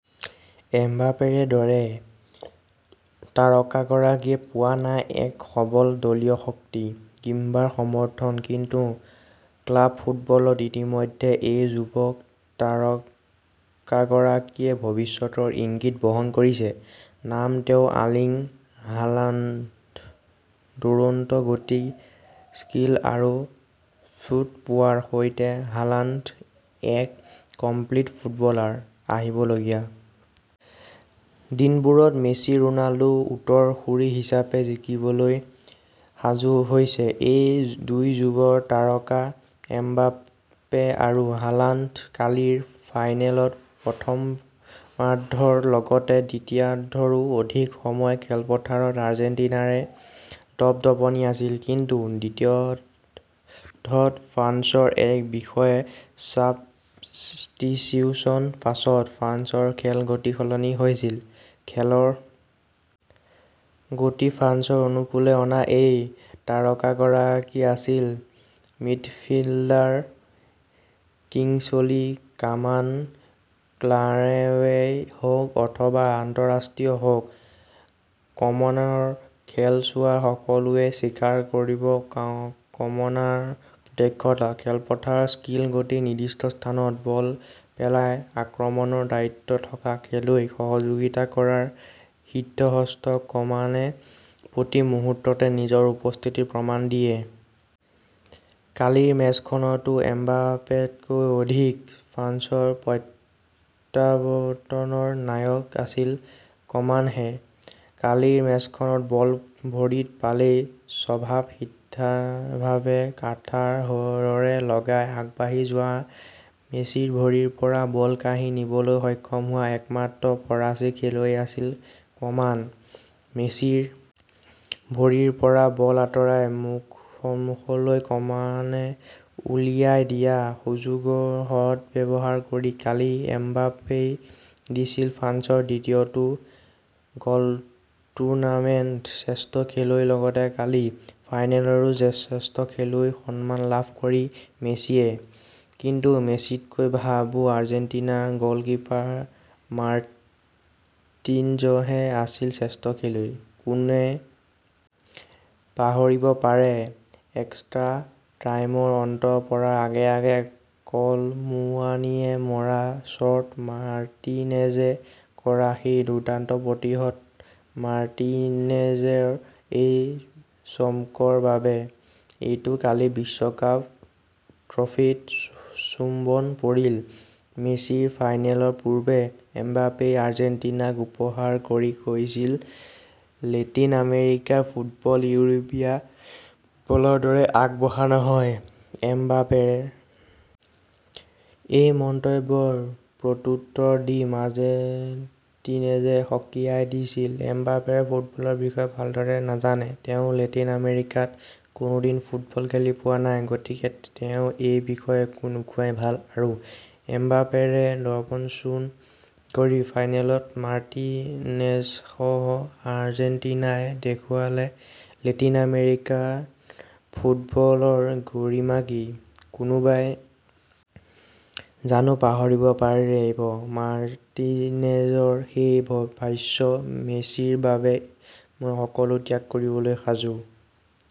এমবাপেৰ দৰে এই তাৰকাগৰাকীয়ে পোৱা নাই এক সবল দলীয় শক্তি, কিম্বা সমৰ্থন কিন্তু ক্লাৱ ফুটবলত ইতিমধ্যেই এই যুৱ তাৰকাগৰাকীয়ে ভৱিষ্যতৰ ইংগিত বহন কৰিছে। নাম তেওঁৰ আৰ্লিং হালাণ্ড দুৰন্ত গতি স্কীল আৰু শ্বুট পাৱাৰৰ সৈতে হালাণ্ড এক কমপ্লিট ফুটবলাৰ। আহিবলগীয়া দিনবোৰত মেছি-ৰোনাল্ড উত্তৰ-সূৰী হিচাপে জিলিকিবলৈ সাজু হৈছে ।এই দুই যুৱ তাৰকা এমবাপে আৰু হালাণ্ড কালিৰ ফাইনেলত প্ৰথমাৰ্ধৰ লগতে দ্বিতীয়াৰ্ধৰো অধিক সময় খেলপথাৰত আৰ্জেণ্টিনাৰে দপ-দপনি আছিল। কিন্তু দ্বিতীয়াৰ্ধত ফ্ৰান্সৰ এক বিশেষ চাবষ্টিটিউচনৰ পাছত ফ্ৰান্সৰ খেল গতি সলনি হৈছিল। খেলৰ গতি ফ্ৰান্সৰ অনুকুলে অনা এই তাৰকাগৰাকী আছিল মিডফিল্ডাৰ কিংছলী কমান ক্লাৱেই হওক ,অথবা আন্ত:ৰাষ্ট্ৰীয় হওক, কমানৰ খেল চোৱা সকলোৱে স্বীকাৰ কৰিব কমানৰ দক্ষতা। খেলপথাৰত স্কীল গতি নিৰ্দিষ্ট স্থানত বল পেলাই আক্ৰমণৰ দায়িত্বত থকা খেলুৱৈক সহযোগিতা কৰাত সিদ্ধহস্ত কমানে প্ৰতি মুহূৰ্ততে নিজৰ উপস্থিতিৰ প্ৰমাণ দিয়ে। কালিৰ মেচখনতো এমবাপেতকৈ অধিক ফ্ৰান্সৰ প্ৰত্যাৱৰ্তনৰ নায়ক আছিল কমানহে। কালিৰ মেচখনত বল ভৰিত পালেই স্বভাৱ সিদ্ধভাৱে আঠাৰ দৰে লগাই আগবাঢ়ি যোৱা মেছিৰ ভৰিৰ পৰা বল কাঢ়ি নিবলৈ সক্ষম হোৱা একমাত্ৰ ফৰাচী খেলুৱৈ আছিল কমান। মেছিৰ ভৰিৰ পৰা বল আঁতৰাই সমুখলৈ কমানে ওলিয়াই দিয়া সুযোগৰে সদব্যৱহাৰ কৰি কালি এমবাপেই দিছিল ফ্ৰান্সৰ দ্বিতীয়টো গলটুৰ্ণামেণ্ট। শ্ৰেষ্ঠ খেলুৱৈৰ লগতে কালি ফাইনেলৰো শ্ৰেষ্ঠ খেলুৱৈৰ সন্মান লাভ কৰে মেছিয়ে। কিন্তু মেছিতকৈ ভাবোঁ আৰ্জেণ্টাইন গলকীপাৰ মাৰ্টিনজহে আছিল শ্ৰেষ্ঠ খেলুৱৈ। কোনে পাহৰিব পাৰে এক্সট্ৰা টাইমৰ অন্ত পৰাৰ আগে আগে কল মুৱানিয়ে মৰা শ্বট মাৰ্টিনেজে কৰা সেই দুৰ্দান্ত প্ৰতিহত মাৰ্টিনেজৰ এই চমকৰ বাবে। ইটো কালি বিশ্বকাপ ট্ৰফীত চুম্বন পৰিল মেছিৰ ফাইনেলৰ পূৰ্বে এমবাপেই আৰ্জেণ্টিনাক উপহাস কৰি কৈছিল লেটিন আমেৰিকান ফুটবল ইউৰোপীয়ান ফুটবলৰ দৰে আগবঢ়া নহয়। এমবাপেৰ এই মন্তব্যৰ প্ৰত্যুত্তৰ দি মাৰ্টিনেজে সকীয়াই দিছিল ।এমবাপেই ফুটবলৰ বিষয়ে ভালদৰে নাজানে। তেওঁ লেটিন আমেৰিকাত কোনোদিন ফুটবল খেলি পোৱা নাই। গতিকে তেওঁ এই বিষয়ত একো নোকোৱাই ভাল আৰু এমবাপেৰ দৰ্প চূৰ্ণ কৰি ফাইনেলত মাৰ্টিনেজসহ আৰ্জেণ্টিনাই দেখুৱালে লেটিন আমেৰিকান ফুটবলৰ গৰিমা কি ?কোনোবাই জানো পাহৰিব পাৰিব মাৰ্টিনেজৰ সেই ভাষ্য মেছিৰ বাবে মই সকলো ত্যাগ কৰিবলৈ সাজু।